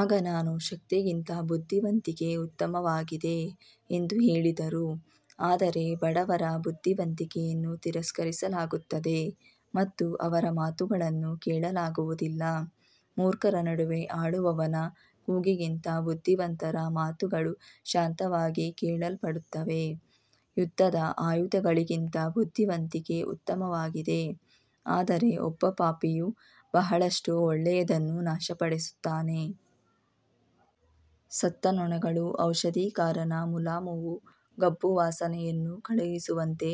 ಆಗ ನಾನು ಶಕ್ತಿಗಿಂತ ಬುದ್ಧಿವಂತಿಕೆ ಉತ್ತಮವಾಗಿದೆ ಎಂದು ಹೇಳಿದರು ಆದರೆ ಬಡವರ ಬುದ್ಧಿವಂತಿಕೆಯನ್ನು ತಿರಸ್ಕರಿಸಲಾಗುತ್ತದೆ ಮತ್ತು ಅವರ ಮಾತುಗಳನ್ನು ಕೇಳಲಾಗುವುದಿಲ್ಲ ಮೂರ್ಖರ ನಡುವೆ ಆಳುವವನ ಕೂಗಿಗಿಂತ ಬುದ್ಧಿವಂತರ ಮಾತುಗಳು ಶಾಂತವಾಗಿ ಕೇಳಲ್ಪಡುತ್ತವೆ ಯುದ್ಧದ ಆಯುಧಗಳಿಗಿಂತ ಬುದ್ಧಿವಂತಿಕೆ ಉತ್ತಮವಾಗಿದೆ ಆದರೆ ಒಬ್ಬ ಪಾಪಿಯು ಬಹಳಷ್ಟು ಒಳ್ಳೆಯದನ್ನು ನಾಶಪಡಿಸುತ್ತಾನೆ ಸತ್ತ ನೊಣಗಳು ಔಷಧಿಕಾರನ ಮುಲಾಮುವು ಗಬ್ಬು ವಾಸನೆಯನ್ನು ಕಳುಹಿಸುವಂತೆ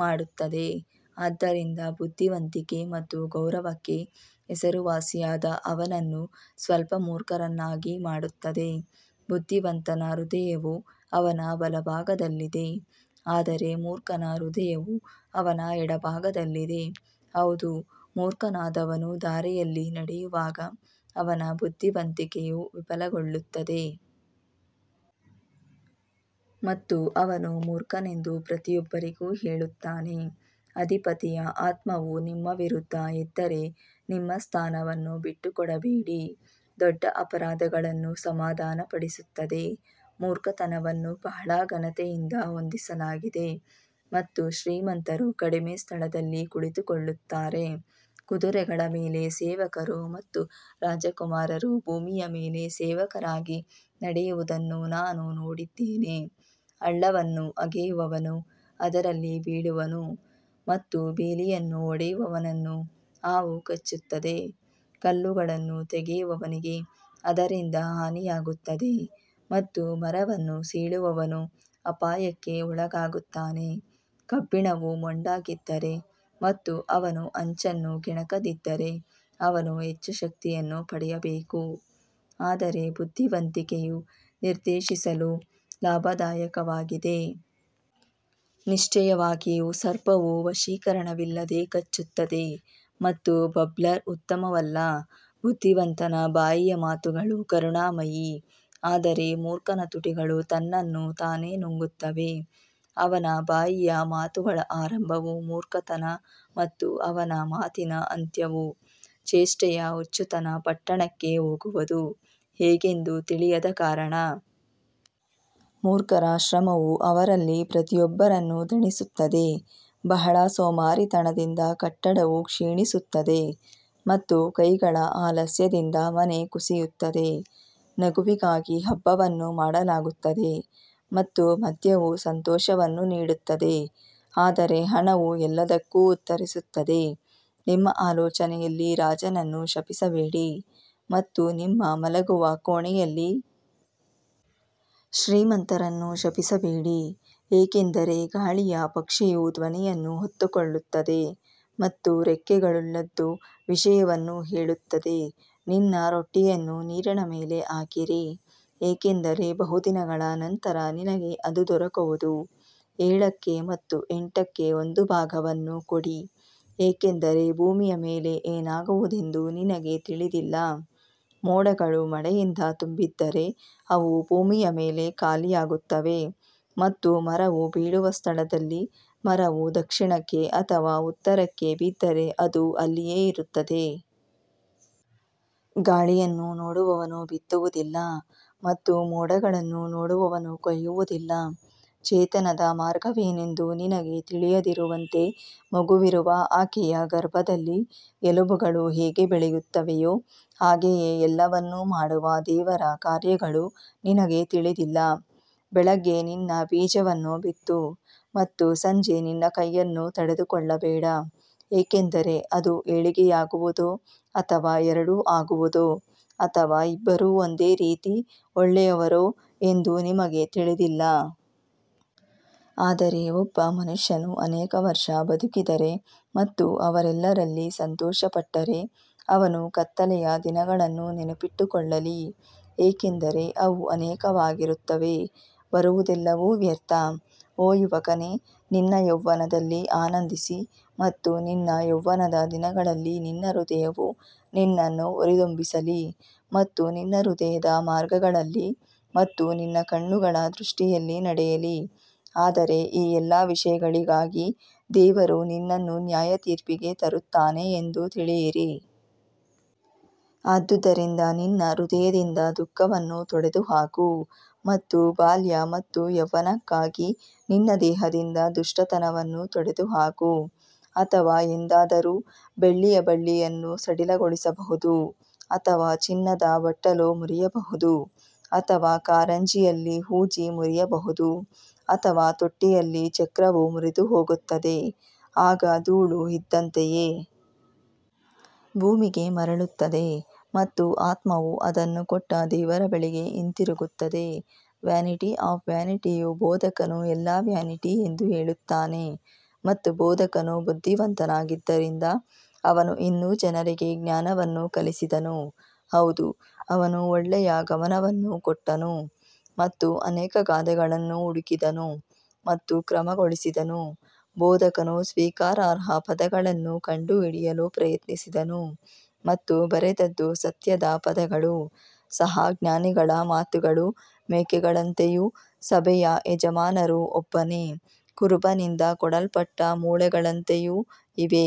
ಮಾಡುತ್ತದೆ, ಆದ್ದರಿಂದ ಬುದ್ಧಿವಂತಿಕೆ ಮತ್ತು ಗೌರವಕ್ಕೆ ಹೆಸರುವಾಸಿಯಾದ ಅವನನ್ನು ಸ್ವಲ್ಪ ಮೂರ್ಖರನ್ನಾಗಿ ಮಾಡುತ್ತದೆ ಬುದ್ಧಿವಂತನ ಹೃದಯವು ಅವನ ಬಲಭಾಗದಲ್ಲಿದೆ ಆದರೆ ಮೂರ್ಖನ ಹೃದಯವು ಅವನ ಎಡಭಾಗದಲ್ಲಿದೆ ಹೌದು, ಮೂರ್ಖನಾದವನು ದಾರಿಯಲ್ಲಿ ನಡೆಯುವಾಗ ಅವನ ಬುದ್ಧಿವಂತಿಕೆಯು ವಿಫಲಗೊಳ್ಳುತ್ತದೆ ಮತ್ತು ಅವನು ಮೂರ್ಖನೆಂದು ಪ್ರತಿಯೊಬ್ಬರಿಗೂ ಹೇಳುತ್ತಾನೆ ಅಧಿಪತಿಯ ಆತ್ಮವು ನಿಮ್ಮ ವಿರುದ್ಧ ಎದ್ದರೆ ನಿಮ್ಮ ಸ್ಥಾನವನ್ನು ಬಿಟ್ಟುಕೊಡಬೇಡಿ ದೊಡ್ಡ ಅಪರಾಧಗಳನ್ನು ಸಮಾಧಾನಪಡಿಸುತ್ತದೆ ಮೂರ್ಖತನವನ್ನು ಬಹಳ ಘನತೆಯಿಂದ ಹೊಂದಿಸಲಾಗಿದೆ ಮತ್ತು ಶ್ರೀಮಂತರು ಕಡಿಮೆ ಸ್ಥಳದಲ್ಲಿ ಕುಳಿತುಕೊಳ್ಳುತ್ತಾರೆ ಕುದುರೆಗಳ ಮೇಲೆ ಸೇವಕರು ಮತ್ತು ರಾಜಕುಮಾರರು ಭೂಮಿಯ ಮೇಲೆ ಸೇವಕರಾಗಿ ನಡೆಯುವುದನ್ನು ನಾನು ನೋಡಿದ್ದೇನೆ ಹಳ್ಳವನ್ನು ಅಗೆಯುವವನು ಅದರಲ್ಲಿ ಬೀಳುವನು ಮತ್ತು ಬೇಲಿಯನ್ನು ಒಡೆಯುವವನನ್ನು ಹಾವು ಕಚ್ಚುತ್ತದೆ ಕಲ್ಲುಗಳನ್ನು ತೆಗೆಯುವವನಿಗೆ ಅದರಿಂದ ಹಾನಿಯಾಗುತ್ತದೆ ಮತ್ತು ಮರವನ್ನು ಸೀಳುವವನು ಅಪಾಯಕ್ಕೆ ಒಳಗಾಗುತ್ತಾನೆ ಕಬ್ಬಿಣವು ಮೊಂಡಾಗಿದ್ದರೆ ಮತ್ತು ಅವನು ಅಂಚನ್ನು ಕೆಣಕದಿದ್ದರೆ, ಅವನು ಹೆಚ್ಚು ಶಕ್ತಿಯನ್ನು ಪಡೆಯಬೇಕು ಆದರೆ ಬುದ್ಧಿವಂತಿಕೆಯು ನಿರ್ದೇಶಿಸಲು ಲಾಭದಾಯಕವಾಗಿದೆ. ನಿಶ್ಚಯವಾಗಿಯೂ ಸರ್ಪವು ವಶೀಕರಣವಿಲ್ಲದೆ ಕಚ್ಚುತ್ತದೆ ಮತ್ತು ಬಬ್ಲರ್ ಉತ್ತಮವಲ್ಲ ಬುದ್ಧಿವಂತನ ಬಾಯಿಯ ಮಾತುಗಳು ಕರುಣಾಮಯಿ ಆದರೆ ಮೂರ್ಖನ ತುಟಿಗಳು ತನ್ನನ್ನು ತಾನೇ ನುಂಗುತ್ತವೆ ಅವನ ಬಾಯಿಯ ಮಾತುಗಳ ಆರಂಭವು ಮೂರ್ಖತನ ಮತ್ತು ಅವನ ಮಾತಿನ ಅಂತ್ಯವು ಚೇಷ್ಟೆಯ ಹುಚ್ಚುತನ ಪಟ್ಟಣಕ್ಕೆ ಹೋಗುವುದು ಹೇಗೆಂದು ತಿಳಿಯದ ಕಾರಣ ಮೂರ್ಖರ ಶ್ರಮವು ಅವರಲ್ಲಿ ಪ್ರತಿಯೊಬ್ಬರನ್ನು ದಣಿಸುತ್ತದೆ ಬಹಳ ಸೋಮಾರಿತನದಿಂದ ಕಟ್ಟಡವು ಕ್ಷೀಣಿಸುತ್ತದೆ ಮತ್ತು ಕೈಗಳ ಆಲಸ್ಯದಿಂದ ಮನೆ ಕುಸಿಯುತ್ತದೆ ನಗುವಿಗಾಗಿ ಹಬ್ಬವನ್ನು ಮಾಡಲಾಗುತ್ತದೆ ಮತ್ತು ಮದ್ಯವು ಸಂತೋಷವನ್ನು ನೀಡುತ್ತದೆ ಆದರೆ ಹಣವು ಎಲ್ಲದಕ್ಕೂ ಉತ್ತರಿಸುತ್ತದೆ ನಿಮ್ಮ ಆಲೋಚನೆಯಲ್ಲಿ ರಾಜನನ್ನು ಶಪಿಸಬೇಡಿ ಮತ್ತು ನಿಮ್ಮ ಮಲಗುವ ಕೋಣೆಯಲ್ಲಿ ಶ್ರೀಮಂತರನ್ನು ಶಪಿಸಬೇಡಿ ಏಕೆಂದರೆ ಗಾಳಿಯ ಪಕ್ಷಿಯು ಧ್ವನಿಯನ್ನು ಹೊತ್ತುಕೊಳ್ಳುತ್ತದೆ ಮತ್ತು ರೆಕ್ಕೆಗಳುಳ್ಳದ್ದು ವಿಷಯವನ್ನು ಹೇಳುತ್ತದೆ ನಿನ್ನ ರೊಟ್ಟಿಯನ್ನು ನೀರಿನ ಮೇಲೆ ಹಾಕಿರಿ ಏಕೆಂದರೆ ಬಹುದಿನಗಳ ನಂತರ ನಿನಗೆ ಅದು ದೊರಕುವದು ಏಳಕ್ಕೆ ಮತ್ತು ಎಂಟಕ್ಕೆ ಒಂದು ಭಾಗವನ್ನು ಕೊಡಿ ಏಕೆಂದರೆ ಭೂಮಿಯ ಮೇಲೆ ಏನಾಗುವುದೆಂದು ನಿನಗೆ ತಿಳಿದಿಲ್ಲ ಮೋಡಗಳು ಮಳೆಯಿಂದ ತುಂಬಿದ್ದರೆ ಅವು ಭೂಮಿಯ ಮೇಲೆ ಖಾಲಿಯಾಗುತ್ತವೆ ಮತ್ತು ಮರವು ಬೀಳುವ ಸ್ಥಳದಲ್ಲಿ ಮರವು ದಕ್ಷಿಣಕ್ಕೆ ಅಥವಾ ಉತ್ತರಕ್ಕೆ ಬಿದ್ದರೆ ಅದು ಅಲ್ಲಿಯೇ ಇರುತ್ತದೆ. ಗಾಳಿಯನ್ನು ನೋಡುವವನು ಬಿತ್ತುವುದಿಲ್ಲ ಮತ್ತು ಮೋಡಗಳನ್ನು ನೋಡುವವನು ಕೊಯ್ಯುವುದಿಲ್ಲ ಚೇತನದ ಮಾರ್ಗವೇನೆಂದು ನಿನಗೆ ತಿಳಿಯದಿರುವಂತೆ ಮಗುವಿರುವ ಆಕೆಯ ಗರ್ಭದಲ್ಲಿ ಎಲುಬುಗಳು ಹೇಗೆ ಬೆಳೆಯುತ್ತವೆಯೋ ಹಾಗೆಯೇ ಎಲ್ಲವನ್ನೂ ಮಾಡುವ ದೇವರ ಕಾರ್ಯಗಳು ನಿನಗೆ ತಿಳಿದಿಲ್ಲ. ಬೆಳಿಗ್ಗೆ ನಿನ್ನ ಬೀಜವನ್ನು ಬಿತ್ತು ಮತ್ತು ಸಂಜೆ ನಿನ್ನ ಕೈಯನ್ನು ತಡೆದುಕೊಳ್ಳಬೇಡ ಏಕೆಂದರೆ ಅದು ಏಳಿಗೆಯಾಗುವುದೋ ಅಥವಾ ಎರಡೂ ಆಗುವುದೋ ಅಥವಾ ಇಬ್ಬರೂ ಒಂದೇ ರೀತಿ ಒಳ್ಳೆಯವರೋ ಎಂದು ನಿಮಗೆ ತಿಳಿದಿಲ್ಲ. ಆದರೆ ಒಬ್ಬ ಮನುಷ್ಯನು ಅನೇಕ ವರ್ಷ ಬದುಕಿದರೆ ಮತ್ತು ಅವರೆಲ್ಲರಲ್ಲಿ ಸಂತೋಷಪಟ್ಟರೆ ಅವನು ಕತ್ತಲೆಯ ದಿನಗಳನ್ನು ನೆನಪಿಟ್ಟುಕೊಳ್ಳಲಿ, ಏಕೆಂದರೆ ಅವು ಅನೇಕವಾಗಿರುತ್ತವೆ, ಬರುವುದೆಲ್ಲವೂ ವ್ಯರ್ಥ. ಓ ಯುವಕನೇ ನಿನ್ನ ಯೌವನದಲ್ಲಿ ಆನಂದಿಸಿ ಮತ್ತು ನಿನ್ನ ಯೌವನದ ದಿನಗಳಲ್ಲಿ ನಿನ್ನ ಹೃದಯವು ನಿನ್ನನ್ನು ಹುರಿದುಂಬಿಸಲಿ ಮತ್ತು ನಿನ್ನ ಹೃದಯದ ಮಾರ್ಗಗಳಲ್ಲಿ ಮತ್ತು ನಿನ್ನ ಕಣ್ಣುಗಳ ದೃಷ್ಟಿಯಲ್ಲಿ ನಡೆಯಲಿ ಆದರೆ ಈ ಎಲ್ಲಾ ವಿಷಯಗಳಿಗಾಗಿ ದೇವರು ನಿನ್ನನ್ನು ನ್ಯಾಯತೀರ್ಪಿಗೆ ತರುತ್ತಾನೆ ಎಂದು ತಿಳಿಯಿರಿ. ಆದುದರಿಂದ ನಿನ್ನ ಹೃದಯದಿಂದ ದುಃಖವನ್ನು ತೊಡೆದುಹಾಕು ಮತ್ತು ಬಾಲ್ಯ ಮತ್ತು ಯೌವನಕ್ಕಾಗಿ ನಿನ್ನ ದೇಹದಿಂದ ದುಷ್ಟತನವನ್ನು ತೊಡೆದುಹಾಕು ಅಥವಾ ಎಂದಾದರೂ ಬೆಳ್ಳಿಯ ಬಳ್ಳಿಯನ್ನು ಸಡಿಲಗೊಳಿಸಬಹುದು ಅಥವಾ ಚಿನ್ನದ ಬಟ್ಟಲು ಮುರಿಯಬಹುದು ಅಥವಾ ಕಾರಂಜಿಯಲ್ಲಿ ಹೂಜಿ ಮುರಿಯಬಹುದು ಅಥವಾ ತೊಟ್ಟಿಯಲ್ಲಿ ಚಕ್ರವು ಮುರಿದುಹೋಗುತ್ತದೆ ಆಗ ಧೂಳು ಇದ್ದಂತೆಯೇ ಭೂಮಿಗೆ ಮರಳುತ್ತದೆ ಮತ್ತು ಆತ್ಮವು ಅದನ್ನು ಕೊಟ್ಟ ದೇವರ ಬಳಿಗೆ ಹಿಂತಿರುಗುತ್ತದೆ ವ್ಯಾನಿಟಿ ಆಫ್ ವ್ಯಾನಿಟಿಯು ಬೋಧಕನು ಎಲ್ಲಾ ವ್ಯಾನಿಟಿ ಎಂದು ಹೇಳುತ್ತಾನೆ ಮತ್ತು ಬೋಧಕನು ಬುದ್ಧಿವಂತನಾಗಿದ್ದರಿಂದ ಅವನು ಇನ್ನೂ ಜನರಿಗೆ ಜ್ಞಾನವನ್ನು ಕಲಿಸಿದನು, ಹೌದು ಅವನು ಒಳ್ಳೆಯ ಗಮನವನ್ನು ಕೊಟ್ಟನು ಮತ್ತು ಅನೇಕ ಗಾದೆಗಳನ್ನು ಹುಡುಕಿದನು ಮತ್ತು ಕ್ರಮಗೊಳಿಸಿದನು ಬೋಧಕನು ಸ್ವೀಕಾರಾರ್ಹ ಪದಗಳನ್ನು ಕಂಡುಹಿಡಿಯಲು ಪ್ರಯತ್ನಿಸಿದನು ಮತ್ತು ಬರೆದದ್ದು ಸತ್ಯದ ಪದಗಳು ಸಹ ಜ್ಞಾನಿಗಳ ಮಾತುಗಳು ಮೇಕೆಗಳಂತೆಯೂ ಸಭೆಯ ಯಜಮಾನರು ಒಬ್ಬನೇ ಕುರುಬನಿಂದ ಕೊಡಲ್ಪಟ್ಟ ಮೊಳೆಗಳಂತೆಯೂ ಇವೆ.